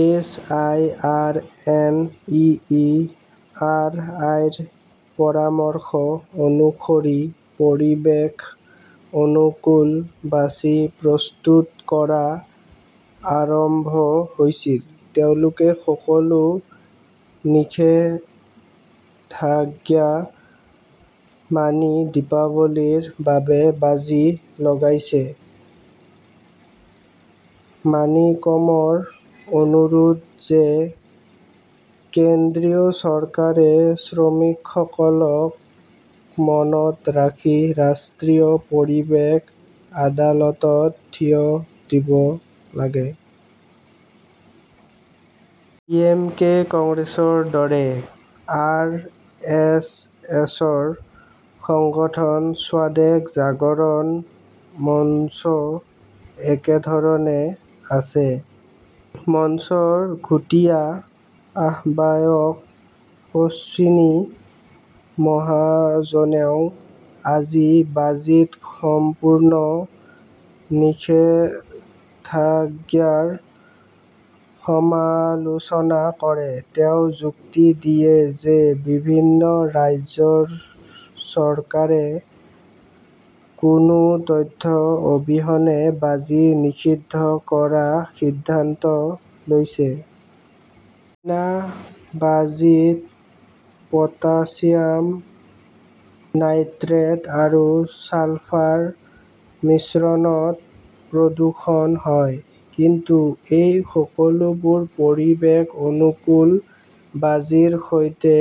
S. I. R. N. E. E. R. I. -ৰ পৰামৰ্শ অনুসৰি পৰিৱেশ-অনুকূল বাজি প্ৰস্তুত কৰা আৰম্ভ হৈছিল। তেওঁলোকে সকলো নিষেধাজ্ঞা মানি দীপাৱলীৰ বাবে বাজি লগাইছে। মাণিকমৰ অনুৰোধ যে কেন্দ্ৰীয় চৰকাৰে শ্ৰমিকসকলক মনত ৰাখি ৰাষ্ট্ৰীয় পৰিৱেশ আদালতত থিয় দিব লাগে। ডি.এম.কে কংগ্ৰেছৰ দৰে আৰ. এছ. এছ.ৰ সংগঠন স্বদেশ জাগৰণ মঞ্চো একেধৰণে আছে। মঞ্চৰ যুটীয়া আহ্বায়ক অশ্বিনী মহাজনেও আজি বাজীত সম্পূৰ্ণ নিষেধাজ্ঞাৰ সমালোচনা কৰে। তেওঁ যুক্তি দিয়ে যে বিভিন্ন ৰাজ্যৰ চৰকাৰে কোনো তথ্য অবিহনে বাজি নিষিদ্ধ কৰাৰ সিদ্ধান্ত লৈছে। চীনা বাজীত পটাছিয়াম নাইট্ৰেট আৰু ছালফাৰ মিশ্ৰণত প্ৰদূষণ হয়। কিন্তু এই সকলোবোৰ পৰিৱেশ-অনুকূল বাজিৰ সৈতে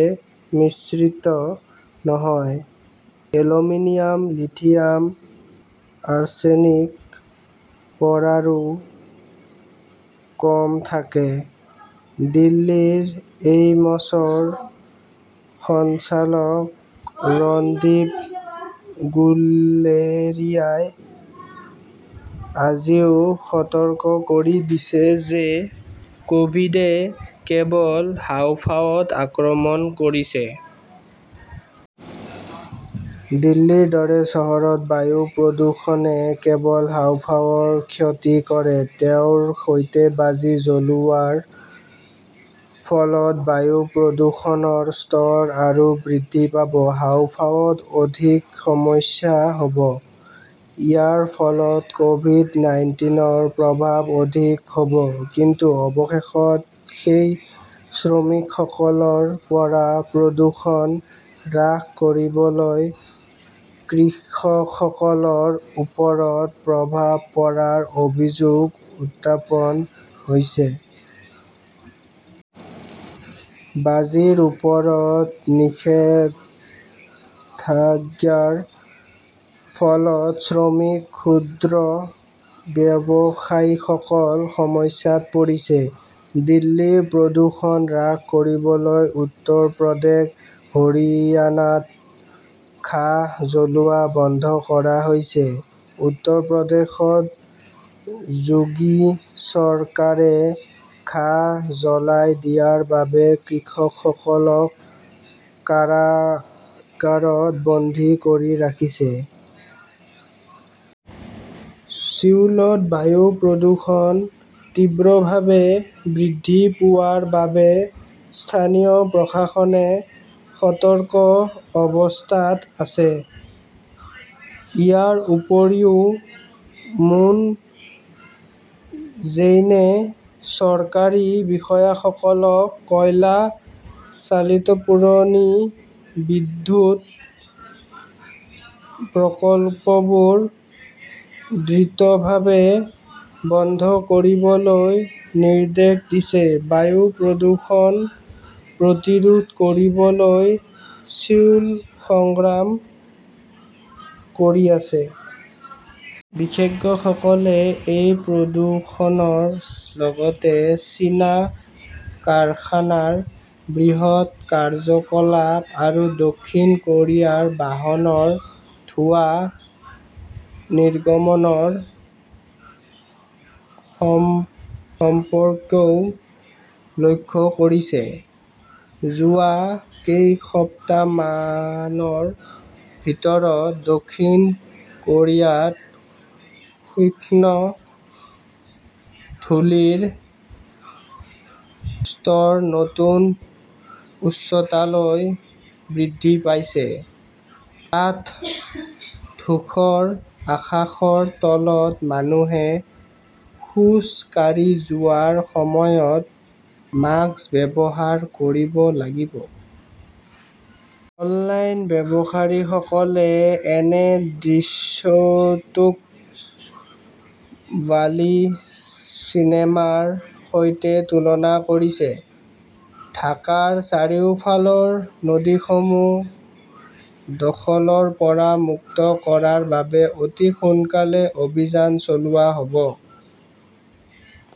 মিশ্ৰিত নহয়। এলুমিনিয়াম, লিথিয়াম, আৰ্ছেনিক, পাৰাৰো কম থাকে। দিল্লীৰ এইমছৰ সঞ্চালক ৰণদীপ গুলেৰিয়াই আজিও সতৰ্ক কৰি দিছে যে কভিড-এ কেৱল হাঁওফাঁওত আক্ৰমণ কৰিছে। দিল্লীৰ দৰে চহৰত বায়ু প্ৰদূষণে কেৱল হাঁওফাঁওৰ ক্ষতি কৰে ,তেওঁৰ সৈতে বাজি জ্বলোৱাৰ ফলত বায়ু প্ৰদূষণৰ স্তৰ আৰু বৃদ্ধি পাব। হাঁওফাঁওত অধিক সমস্যা হ'ব। ইয়াৰ ফলত কভিড-নাইন্তিনৰ প্ৰভাৱ অধিক হ'ব। কিন্তু অৱশেষত সেই শ্ৰমিকসকলৰ পৰা প্ৰদূষণ হ্ৰাস কৰিবলৈ কৃষকসকলৰ ওপৰত প্ৰভাৱ পৰাৰ অভিযোগ উত্থাপন হৈছে। বাজিৰ ওপৰত নিষেধাজ্ঞাৰ ফলত শ্ৰমিক, ক্ষুদ্ৰ ব্যৱসায়ীসকল সমস্যাত পৰিছে। দিল্লীৰ প্ৰদূষণ হ্ৰাস কৰিবলৈ উত্তৰ প্ৰদেশ, হাৰিয়ানাত ঘাঁহ জ্বলোৱা বন্ধ কৰা হৈছে। উত্তৰ প্ৰদেশত যোগী চৰকাৰে ঘাঁহ জ্বলাই দিয়াৰ বাবে কৃষকসকলক কাৰাগাৰত বন্দী কৰি ৰাখিছে। ছিউলত বায়ু প্ৰদূষণ তীব্ৰভাৱে বৃদ্ধি পোৱাৰ বাবে স্থানীয় প্ৰশাসনে সতৰ্ক অৱস্থাত আছে। ইয়াৰ উপৰিও, মুন জেইনে চৰকাৰী বিষয়াসকলক কয়লা চালিত পুৰণি বিদ্যুৎ প্ৰকল্পবোৰ দ্ৰুতভাৱে বন্ধ কৰিবলৈ নিৰ্দেশ দিছে। বায়ু প্ৰদূষণ প্ৰতিৰোধ কৰিবলৈ ছিউল সংগ্ৰাম কৰি আছে। বিশেষজ্ঞসকলে এই প্ৰদূষণৰ লগতে চীনা কাৰখানাৰ বৃহৎ কাৰ্যকলাপ আৰু দক্ষিণ কোৰিয়াৰ বাহনৰ ধোৱা নিৰ্গমনৰ সম্পৰ্কও লক্ষ্য কৰিছে। যোৱা কেইসপ্তাহমানৰ ভিতৰত দক্ষিণ কোৰিয়াত সূক্ষ্ম ধূলিৰ স্তৰ নতুন উচ্চতালৈ বৃদ্ধি পাইছে। ডাঠ-ধূসৰ আকাশৰ তলত মানুহে খোজ কাঢ়ি যোৱাৰ সময়ত মাস্ক ব্যৱহাৰ কৰিব লাগিব। অনলাইন ব্যৱহাৰকাৰীসকলে এনে দৃশ্যটোক ৱালি চিনেমাৰ সৈতে তুলনা কৰিছে। ঢাকাৰ চাৰিওফালৰ নদীসমূহ দখলৰ পৰা মুক্ত কৰাৰ বাবে অতি সোনকালে অভিযান চলোৱা হ'ব।